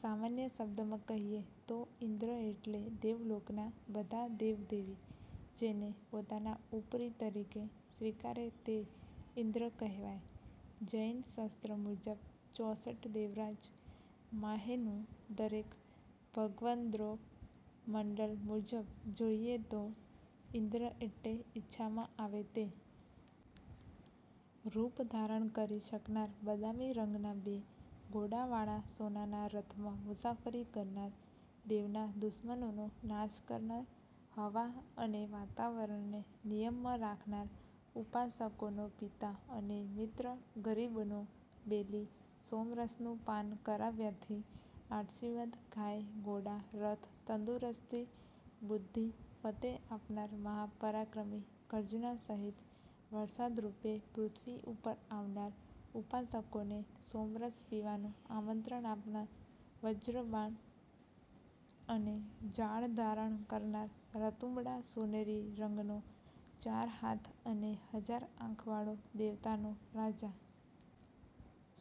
સામાન્ય શબ્દમાં કહીએ તો ઇન્દ્ર એટલે દેવલોકનાં બધાં દેવદેવી જેને પોતાના ઉપરી તરીકે સ્વીકારે તે ઇન્દ્ર કહેવાય. જૈન શાસ્ત્ર મુજબ ચોસઠ દેવરાજ માંહેનો દરેક. ભગવદ્ગોમંડલ મુજબ જોઈએ તો ઇન્દ્ર એટલે ઇચ્છામાં આવે તે રૂપ ધારણ કરી શકનાર, બદામી રંગના બે ઘોડાવાળા સોનાના રથમાં મુસાફરી કરનાર, દેવના દુશ્મનોનો નાશ કરનાર, હવા અને વાતાવરણને નિયમમાં રાખનાર, ઉપાસકોનો પિતા અને મિત્ર, ગરીબનો બેલી, સોમરસનું પાન કરાવ્યાથી આશીર્વાદ, ગાય, ઘોડા, રથ, તંદુરસ્તી, બુદ્ધિ, ફતેહ આપનાર, મહા પરાક્રમી ગર્જના સહિત વરસાદરૂપે પૃથ્વી ઉપર આવનાર, ઉપાસકોને સોમરસ પીવાનું આમંત્રણ આપનાર, વજ્ર બાણ અને જાળ ધારણ કરનાર, રતુંબડા સોનેરી રંગનો, ચાર હાથ અને હજાર આંખવાળો દેવતાનો રાજા.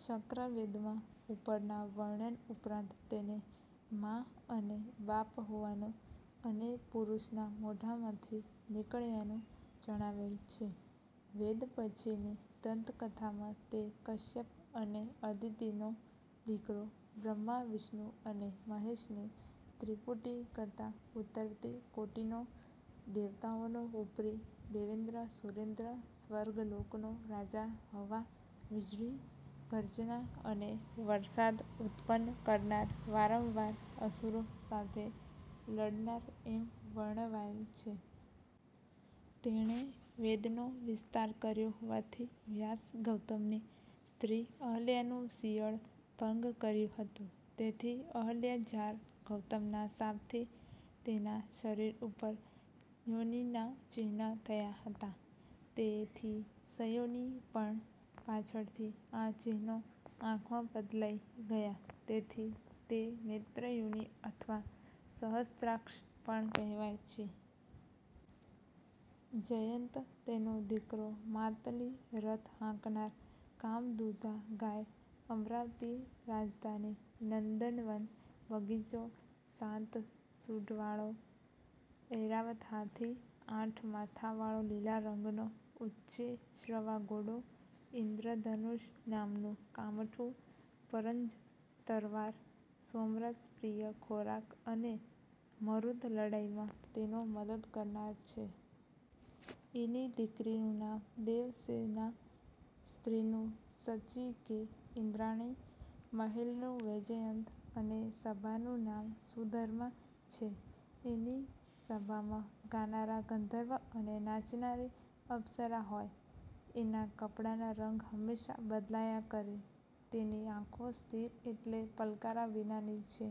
શક્ર વેદમાં ઉપરના વર્ણન ઉપરાંત તેને મા અને બાપ હોવાનું અને પુરુષના મોઢામાંથી નીકળ્યાનું જણાવેલ છે. વેદ પછીની દંતકથામાં તે કશ્યપ અને અદિતિનો દીકરો, બ્રહ્મા વિષ્ણુ અને મહેશની ત્રિપુટી કરતાં ઊતરતી કોટીનો, દેવતાઓનો ઉપરી, દેવેન્દ્ર, સુરેન્દ્ર, સ્વર્ગલોકનો રાજા હવા, વીજળી, ગર્જના અને વરસાદ ઉત્પન્ન કરનાર, વારંવાર અસુરો સાથે લડનાર એમ વર્ણવાયેલ છે. તેણે વેદનો વિસ્તાર કર્યો હોવાથી વ્યાસ, ગૌતમની સ્ત્રી અહલ્યાનું શિયળ ભંગ કર્યું હતું તેથી અહલ્યાજાર, ગૌતમના શાપથી તેના શરીર ઉપર યોનિનાં ચિહ્ન થયાં હતાં તેથી સયોનિ, પણ પાછળથી આ ચિહ્નો આંખમાં બદલાઈ ગયાં તેથી તે નેત્રયોનિ અથવા સહસ્ત્રાક્ષ પણ કહેવાય છે. જયંત તેનો દીકરો, માતલિ રથ હાંકનાર, કામદુધા ગાય, અમરાવતી રાજધાની, નંદનવન બગીચો, સાત સૂંઢવાળો ઐરાવત હાથી, આઠ માથાવાળો લીલા રંગનો ઉચ્ચૈ:શ્રવા ઘોડો, ઇંદ્રધનુષ નામનું કામઠું, પરંજ તરવાર, સોમરસ પ્રિય ખોરાક અને મરુત લડાઈમાં તેનો મદદ કરનાર છે. એની દિકરીનું નામ દેવસ્સેના, સ્ત્રીનું શચી કે ઇંદ્રાણી, મહેલનું વૈજયંત અને સભાનું નામ સુધર્મા છે. એની સભામાં ગાનારા ગંધર્વ અને નાચનારી અપસરા હોય. એનાં કપડાંના રંગ હમેશા બદલાયા કરે. તેની આંખો સ્થિર એટલે પલકારા વિનાની છે.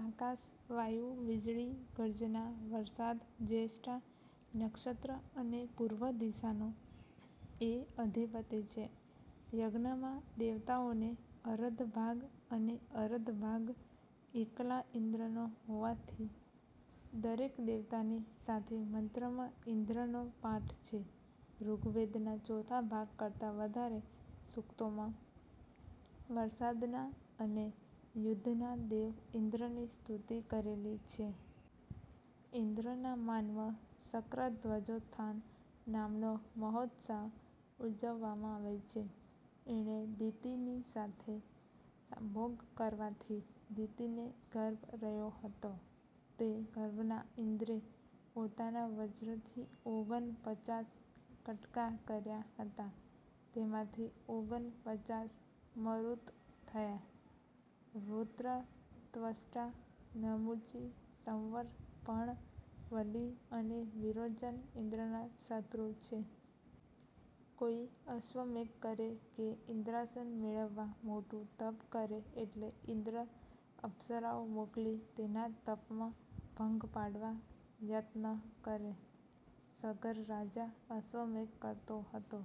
આકાશ, વાયુ, વીજળી, ગર્જના, વરસાદ, જ્યેષ્ઠા નક્ષત્ર અને પૂર્વ દિશાનો એ અધિપતિ છે. યજ્ઞમાં દેવતાઓને અરધ ભાગ અને અરધ ભાગ એકલા ઇંદ્રનો હોવાથી દરેક દેવતાની સાથે મંત્રમાં ઇંદ્રનો પાઠ છે. ઋગ્વેદનાં ચોથા ભાગ કરતાં વધારે સૂક્તોમાં વરસાદના અને યુદ્ધના દેવ ઇંદ્રની સ્તુતિ કરેલી છે. ઇંદ્રના માનમાં શક્રધ્વજોત્થાન નામનો મહોત્સાવ ઊજવવામાં આવે છે. એણે દિતિની સાથે સંભોગ કરવાથી દિતિને ગર્ભ રહ્યો હતો. તે ગર્ભના ઇંદ્રે પોતાના વજ્રથી ઓગન પચાસ કટકા કર્યા હતા. તેમાંથી ઓગન પચાસ મરુત થયા. વૃત્ર, ત્વષ્ટા, નમુચિ, સંવર, પણ, વલિ અને વિરોચન ઇંદ્રના શત્રુ છે. કોઈ અશ્વમેધ કરે કે ઇંદ્રાસન મેળવવા મોટું તપ કરે એટલે ઇંદ્ર અપ્સરાઓ મોકલી તેના તપમાં ભંગ પાડવા યત્ન કરે. સગર રાજા અશ્વમેધ કરતો હતો